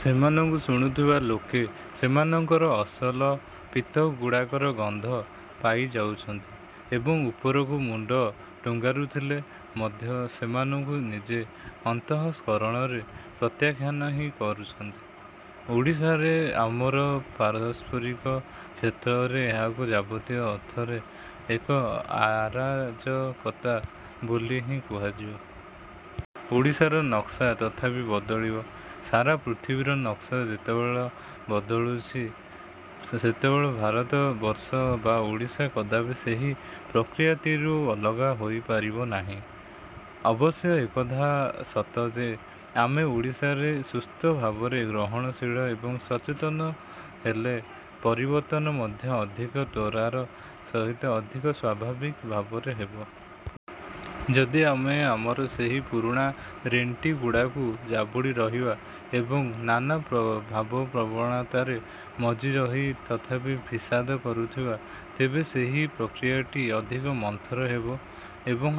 ସେମାନଙ୍କୁ ଶୁଣୁଥବା ଲୋକେ ସେମାନଙ୍କର ଅସଲ ପିତ୍ତ ଗୁଡ଼ାକର ଗନ୍ଧ ପାଇ ଯାଉଛନ୍ତି ଏବଂ ଉପରକୁ ମୁଣ୍ଡ ଟୁଙ୍ଗାରୁଥିଲେ ମଧ୍ୟ ସେମାନଙ୍କୁ ନିଜ ଅନ୍ତଃସ୍କରଣରେ ପ୍ରତ୍ୟାଖ୍ୟାନ ହିଁ କରୁଛନ୍ତି। ଓଡ଼ିଶାରେ ଆମର ପାରସ୍ପରିକ କ୍ଷେତ୍ରରେ ଏହାକୁ ଯାବତୀୟ ଅର୍ଥରେ ଏକ ଅରାଜକତା ବୋଲି ହିଁ କୁହାଯିବ। ଓଡ଼ିଶାର ନକ୍ସା ତଥାପି ବଦଳିବ। ସାରା ପୃଥିବୀର ନକ୍ସା ଯେତେବେଳେ ବଦଳୁଛି, ସେତେବେଳେ ଭାରତବର୍ଷ ବା ଓଡ଼ିଶା କଦାପି ସେହି ପ୍ରକ୍ରିୟାଟିରୁ ଅଲଗା ହୋଇ ରହିପାରିବ ନାହିଁ। ଅବଶ୍ୟ ଏକଥା ସତ ଯେ ଆମେ ଓଡ଼ିଶାରେ ସୁସ୍ଥ ଭାବରେ ଗ୍ରହଣଶୀଳ ଏବଂ ସଚେତନ ହେଲେ ପରିବର୍ତ୍ତନ ମଧ୍ୟ ଅଧିକ ତ୍ୱରାର ସହିତ ଅଧିକ ସ୍ୱାଭାବିକ ଭାବରେ ହେବ। ଯଦି ଆମେ ଆମର ସେହି ପୁରୁଣା ରେଣ୍ଟିଗୁଡ଼ାକୁ ଯାବୁଡ଼ି ରହିବା ଏବଂ ନାନା ଭାବପ୍ରବଣତାରେ ମଜି ରହି ତଥାପି ଫିସାଦ କରୁଥିବା, ତେବେ ସେହି ପ୍ରକ୍ରିୟାଟି ଅଧିକ ମନ୍ଥର ହେବ ଏବଂ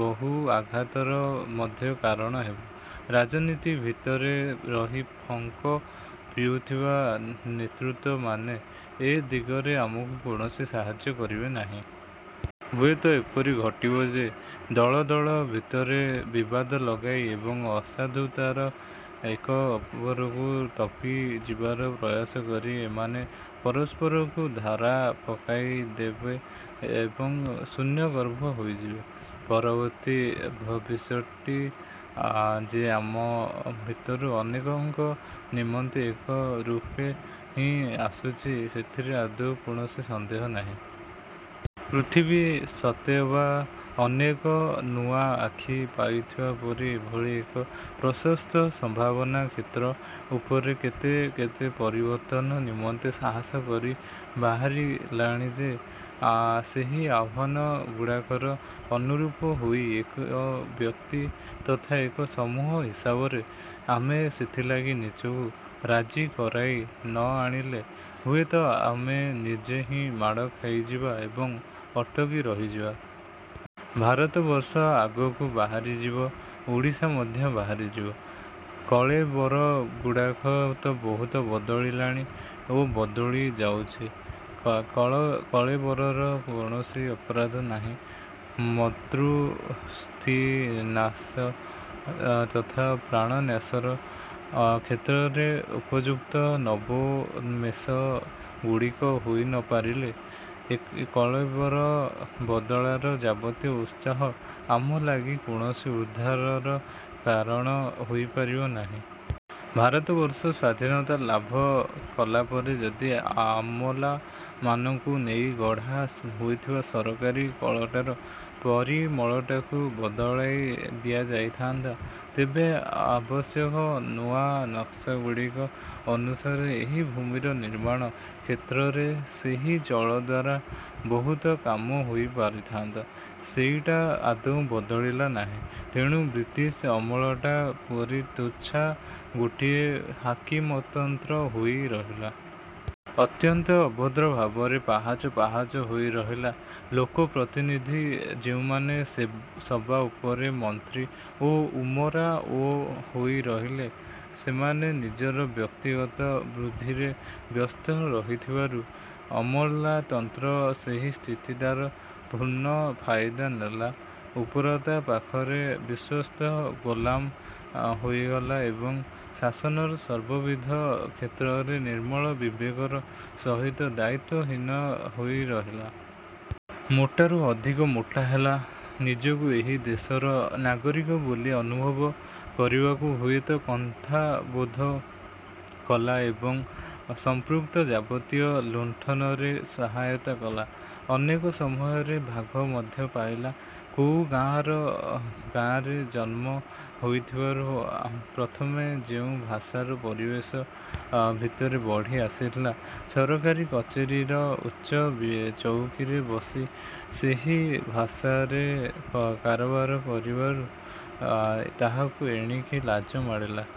ବହୁ ଆଘାତର ମଧ୍ୟ କାରଣ ହେବ। ରାଜନୀତି ଭିତରେ ରହି ପଙ୍କ ପିଉଥିବା ନେତୃତ୍ୱମାନେ ଏ ଦିଗରେ ଆମକୁ କୌଣସି ସାହାଯ୍ୟ କରିବେ ନାହିଁ। ହୁଏତ ଏପରି ଘଟିବ ଯେ, ଦଳ ଦଳ ଭିତରେ ବିବାଦ ଲଗାଇ ଏବଂ ଅସାଧୁତାରେ ଏକ ଅପରକୁ ଟପିଯିବାର ପ୍ରୟାସ କରି ଏମାନେ ପରସ୍ପରକୁ ଧରା ପକାଇଦେବେ ଏବଂ ଶୂନ୍ୟଗର୍ଭ ହୋଇଯିବେ। ପରବର୍ତ୍ତୀ ଭବିଷ୍ୟଟି ଯେ ଆମ ଭିତରୁ ଅନେକଙ୍କ ନିମନ୍ତେ ଏକ ରୂପେ ହିଁ ଆସୁଛି, ସେଥିରେ ଆଦୌ କୌଣସି ସନ୍ଦେହ ନାହିଁ। ପୃଥିବୀ ସତେଅବା ଅନେକ ନୂଆ ଆଖି ପାଇଥିବା ପରି ଏଭଳି ଏକ ପ୍ରଶସ୍ତ ସମ୍ଭାବନାକ୍ଷେତ୍ର ଉପରେ କେତେ କେତେ ପରିବର୍ତ୍ତନ ନିମନ୍ତେ ସାହସ କରି ବାହାରିଲାଣି ଯେ, ସେହି ଆହ୍ୱାନ ଗୁଡ଼ିକର ଅନୁରୂପ ହୋଇ ଏକ ବ୍ୟକ୍ତି ତଥା ଏକ ସମୂହ ହିସାବରେ ଆମେ ସେଥିଲାଗି ନିଜକୁ ରାଜି କରାଇ ନ ଆଣିଲେ ହୁଏତ ଆମେ ନିଜେ ହିଁ ମାଡ଼ ଖାଇଯିବା ଏବଂ ଅଟକି ରହିଯିବା। ଭାରତବର୍ଷ ଆଗକୁ ବାହାରିଯିବ। ଓଡ଼ିଶା ମଧ୍ୟ ବାହାରିଯିବ। କଳେବରଗୁଡ଼ାକ ତ ବହୁତ ବଦଳିଲାଣି ଓ ବଦଳି ଯାଉଛି। କଳେବରର କୌଣସି ଅପରାଧ ନାହିଁ। ମତ୍ଦୃଷ୍ଟିନ୍ୟାସ ତଥା ପ୍ରାଣନ୍ୟାସର କ୍ଷେତ୍ରରେ ଉପଯୁକ୍ତ ନବୋନ୍ମେଷ ଗୁଡ଼ିକ ହୋଇ ନପାରିଲେ, ଏ କଳେବର ବଦଳାର ଯାବତୀୟ ଉତ୍ସାହ ଆମ ଲାଗି କୌଣସି ଉଦ୍ଧାରର କାରଣ ହୋଇପାରିବ ନାହିଁ। ଭାରତବର୍ଷ ସ୍ଵାଧୀନତା ଲାଭ କଲାପରେ ଯଦି ଅମଲାମାନଙ୍କୁ ନେଇ ଗଢ଼ା ହୋଇଥିବା ସରକାରୀ କଳଟାର ପରିମଳଟାକୁ ବଦଳାଇ ଦିଆଯାଇଥାନ୍ତା, ତେବେ ଆବଶ୍ୟକ ନୂଆ ନକ୍ସାଗୁଡ଼ିକ ଅନୁସାରେ ଏହି ଭୂମିର ନିର୍ମାଣ କ୍ଷେତ୍ରରେ ସେହି ଜଳ ଦ୍ଵାରା ବହୁତ କାମ ହୋଇପାରିଥାନ୍ତା। ସେଇଟା ଆଦୌ ବଦଳିଲା ନାହିଁ, ତେଣୁ ବ୍ରିଟିଶ୍ ଅମଳଟା ପରି ତୁଚ୍ଛା ଗୋଟାଏ ହାକିମତନ୍ତ୍ର ହୋଇ ରହିଲା। ଅତ୍ୟନ୍ତ ଅଭଦ୍ର ଭାବରେ ପାହାଚ ପାହାଚ ହୋଇ ରହିଲା। ଲୋକପ୍ରତିନିଧି ଯେଉଁମାନେ ସବା ଉପରେ ମନ୍ତ୍ରୀ ଓ ଉମରାଓ ହୋଇରହିଲେ, ସେମାନେ ନିଜର ବ୍ୟକ୍ତିଗତ ବୃଦ୍ଧିରେ ବ୍ୟସ୍ତ ରହିବାରୁ ଅମଲାତନ୍ତ୍ର ସେହି ସ୍ଥିତିଟାର ପୂର୍ଣ୍ଣ ଫାଇଦା ନେଲା। ଉପରଟା ପାଖରେ ବିଶ୍ୱସ୍ତ ଗୋଲାମ ହୋଇଗଲା ଏବଂ ଶାସନର ସର୍ବବିଧ କ୍ଷେତ୍ରରେ ନିର୍ମଳ ବିବେକର ସହିତ ଦାୟିତ୍ୱହୀନ ହୋଇରହିଲା। ମୋଟାରୁ ଅଧିକ ମୋଟା ହେଲା, ନିଜକୁ ଏହି ଦେଶର ନାଗରିକ ବୋଲି ଅନୁଭବ କରିବାକୁ ହୁଏତ କୁଣ୍ଠାବୋଧ କଲା ଏବଂ ସଂପୃକ୍ତ ଯାବତୀୟ ଲୁଣ୍ଠନରେ ସହାୟତା କଲା, ଅନେକ ସମୟରେ ଭାଗ ମଧ୍ୟ ପାଇଲା। କୋଉ ଗାଆଁରେ ଜନ୍ମ ହୋଇଥିବାରୁ ପ୍ରଥମେ ଯେଉଁ ଭାଷାର ପରିବେଶ ଭିତରେ ବଢ଼ି ଆସିଥିଲା, ସରକାରୀ କଚେରୀର ଉଚ୍ଚ ଚଉକୀରେ ବସି ସେହି ଭାଷାରେ କାରବାର କରିବାକୁ ତାହାକୁ ଏଣିକି ଲାଜ ମାଡ଼ିଲା।